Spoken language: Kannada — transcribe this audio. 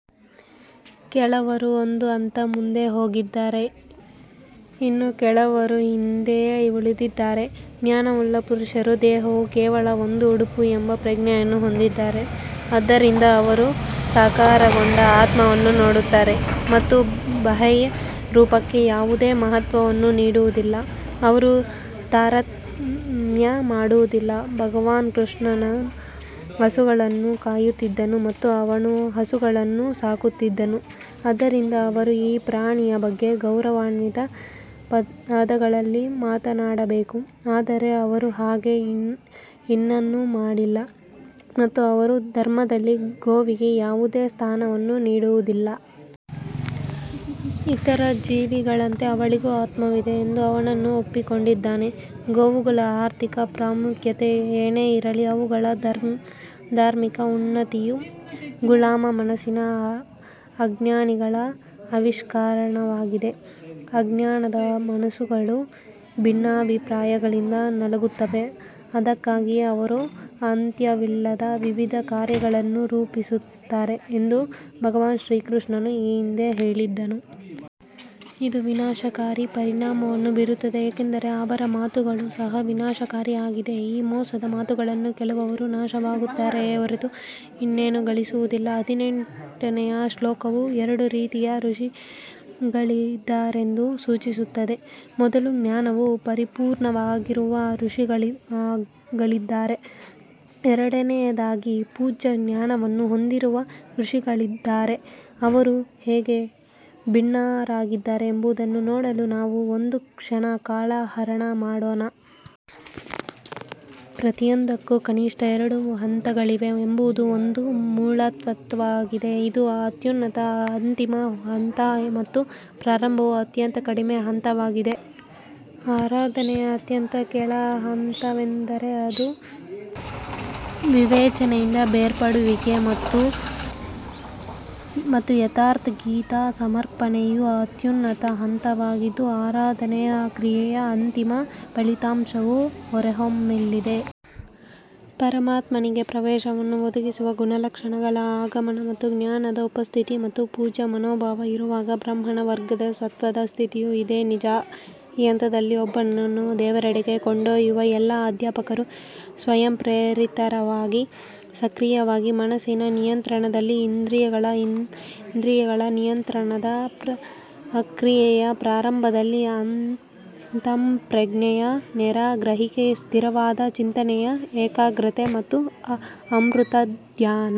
ಕೆಲವರು ಒಂದು ಹಂತ ಮುಂದೆ ಹೋಗಿದ್ದರೆ ಇನ್ನೂ ಕೆಲವರು ಹಿಂದೆಯೇ ಉಳಿದಿದ್ದಾರೆ. ಜ್ಞಾನವುಳ್ಳ ಪುರುಷರು ದೇಹವು ಕೇವಲ ಒಂದು ಉಡುಪು ಎಂಬ ಪ್ರಜ್ಞೆಯನ್ನು ಹೊಂದಿದ್ದಾರೆ. ಆದ್ದರಿಂದ ಅವರು ಸಾಕಾರಗೊಂಡ ಆತ್ಮವನ್ನು ನೋಡುತ್ತಾರೆ ಮತ್ತು ಬಾಹ್ಯ ರೂಪಕ್ಕೆ ಯಾವುದೇ ಮಹತ್ವವನ್ನು ನೀಡುವುದಿಲ್ಲ. ಅವರು ತಾರತಮ್ಯ ಮಾಡುವುದಿಲ್ಲ. ಭಗವಾನ್ ಕೃಷ್ಣನು ಹಸುಗಳನ್ನು ಕಾಯುತ್ತಿದ್ದನು ಮತ್ತು ಅವನು ಹಸುಗಳನ್ನು ಸಾಕುತ್ತಿದ್ದನು ಆದ್ದರಿಂದ ಅವರು ಈ ಪ್ರಾಣಿಯ ಬಗ್ಗೆ ಗೌರವಾನ್ವಿತ ಪದಗಳಲ್ಲಿ ಮಾತನಾಡಬೇಕು ಆದರೆ ಅವರು ಹಾಗೆ ಏನನ್ನೂ ಮಾಡಿಲ್ಲ ಮತ್ತು ಅವರು ಧರ್ಮದಲ್ಲಿ ಗೋವಿಗೆ ಯಾವುದೇ ಸ್ಥಾನವನ್ನು ನೀಡುವುದಿಲ್ಲ. ಇತರ ಜೀವಿಗಳಂತೆ ಅವಳಿಗೂ ಆತ್ಮವಿದೆ ಎಂದು ಅವನು ಒಪ್ಪಿಕೊಂಡಿದ್ದಾನೆ. ಗೋವುಗಳ ಆರ್ಥಿಕ ಪ್ರಾಮುಖ್ಯತೆ ಏನೇ ಇರಲಿ ಅವುಗಳ ಧಾರ್ಮಿಕ ಉನ್ನತಿಯು ಗುಲಾಮ ಮನಸ್ಸಿನ ಅಜ್ಞಾನಿಗಳ ಆವಿಷ್ಕಾರವಾಗಿದೆ. ಅಜ್ಞಾನದ ಮನಸ್ಸುಗಳು ಭಿನ್ನಾಭಿಪ್ರಾಯಗಳಿಂದ ನಲುಗುತ್ತವೆ ಅದಕ್ಕಾಗಿಯೇ ಅವರು ಅಂತ್ಯವಿಲ್ಲದ ವಿವಿಧ ಕಾರ್ಯಗಳನ್ನು ರೂಪಿಸುತ್ತಾರೆ ಎಂದು ಭಗವಾನ್ ಶ್ರೀಕೃಷ್ಣನು ಈ ಹಿಂದೆ ಹೇಳಿದನು. ಇದು ವಿನಾಶಕಾರಿ ಪರಿಣಾಮವನ್ನು ಬೀರುತ್ತದೆ ಏಕೆಂದರೆ ಅವರ ಮಾತುಗಳು ಸಹ ವಿನಾಶಕಾರಿಯಾಗಿದೆ. ಈ ಮೋಸದ ಮಾತುಗಳನ್ನು ಕೇಳುವವರು ನಾಶವಾಗುತ್ತಾರೆಯೇ ಹೊರತು ಏನನ್ನೂ ಗಳಿಸುವುದಿಲ್ಲ. ಹದಿನೆಂಟನೆಯ ಶ್ಲೋಕವು ಎರಡು ರೀತಿಯ ಋಷಿಗಳಿದ್ದಾರೆಂದು ಸೂಚಿಸುತ್ತದೆ. ಮೊದಲು ಜ್ಞಾನವು ಪರಿಪೂರ್ಣವಾಗಿರುವ ಋಷಿಗಳಿದ್ದಾರೆ. ಎರಡನೆಯದಾಗಿ ಪೂಜ್ಯ ಜ್ಞಾನವನ್ನು ಹೊಂದಿರುವ ಋಷಿಗಳಿದ್ದಾರೆ. ಅವರು ಹೇಗೆ ಭಿನ್ನರಾಗಿದ್ದಾರೆ ಎಂಬುದನ್ನು ನೋಡಲು ನಾವು ಒಂದು ಕ್ಷಣ ಕಾಲಹರಣ ಮಾಡೋಣ. ಪ್ರತಿಯೊಂದಕ್ಕೂ ಕನಿಷ್ಠ ಎರಡು ಹಂತಗಳಿವೆ ಎಂಬುದು ಒಂದು ಮೂಲತತ್ವವಾಗಿದೆ ಇದು ಅತ್ಯುನ್ನತ ಅಂತಿಮ ಹಂತ ಮತ್ತು ಪ್ರಾರಂಭವು ಅತ್ಯಂತ ಕಡಿಮೆ ಹಂತವಾಗಿದೆ. ಆರಾಧನೆಯ ಅತ್ಯಂತ ಕೆಳ ಹಂತವೆಂದರೆ ಅದು ವಿವೇಚನೆಯಿಂದ ಬೇರ್ಪಡುವಿಕೆ ಮತ್ತು ಯಥಾರ್ಥ್ ಗೀತಾ ಸಮರ್ಪಣೆಯು ಅತ್ಯುನ್ನತ ಹಂತವಾಗಿದ್ದು ಆರಾಧನೆಯ ಕ್ರಿಯೆಯ ಅಂತಿಮ ಫಲಿತಾಂಶವು ಹೊರಹೊಮ್ಮಲಿದೆ. ಪರಮಾತ್ಮನಿಗೆ ಪ್ರವೇಶವನ್ನು ಒದಗಿಸುವ ಗುಣಲಕ್ಷಣಗಳ ಆಗಮನ ಮತ್ತು ಜ್ಞಾನದ ಉಪಸ್ಥಿತಿ ಮತ್ತು ಪೂಜ್ಯ ಮನೋಭಾವ ಇರುವಾಗ ಬ್ರಾಹ್ಮಣ ವರ್ಗದ ಸತ್ವದ ಸ್ಥಿತಿಯೂ ಇದೇ ನಿಜ. ಈ ಹಂತದಲ್ಲಿ ಒಬ್ಬನನ್ನು ದೇವರೆಡೆಗೆ ಕೊಂಡೊಯ್ಯುವ ಎಲ್ಲಾ ಅಧ್ಯಾಪಕರು ಸ್ವಯಂಪ್ರೇರಿತವಾಗಿ ಸಕ್ರಿಯವಾಗಿ ಮನಸ್ಸಿನ ನಿಯಂತ್ರಣದಲ್ಲಿ ಇಂದ್ರಿಯಗಳ ಇಂದ್ರಿಯಗಳ ನಿಯಂತ್ರಣದ ಪ್ರಕ್ರಿಯೆಯ ಪ್ರಾರಂಭದಲ್ಲಿ ಅಂತಃಪ್ರಜ್ಞೆಯ ನೇರ ಗ್ರಹಿಕೆ ಸ್ಥಿರವಾದ ಚಿಂತನೆಯ ಏಕಾಗ್ರತೆ ಮತ್ತು ಅಮೂರ್ತ ಧ್ಯಾನ.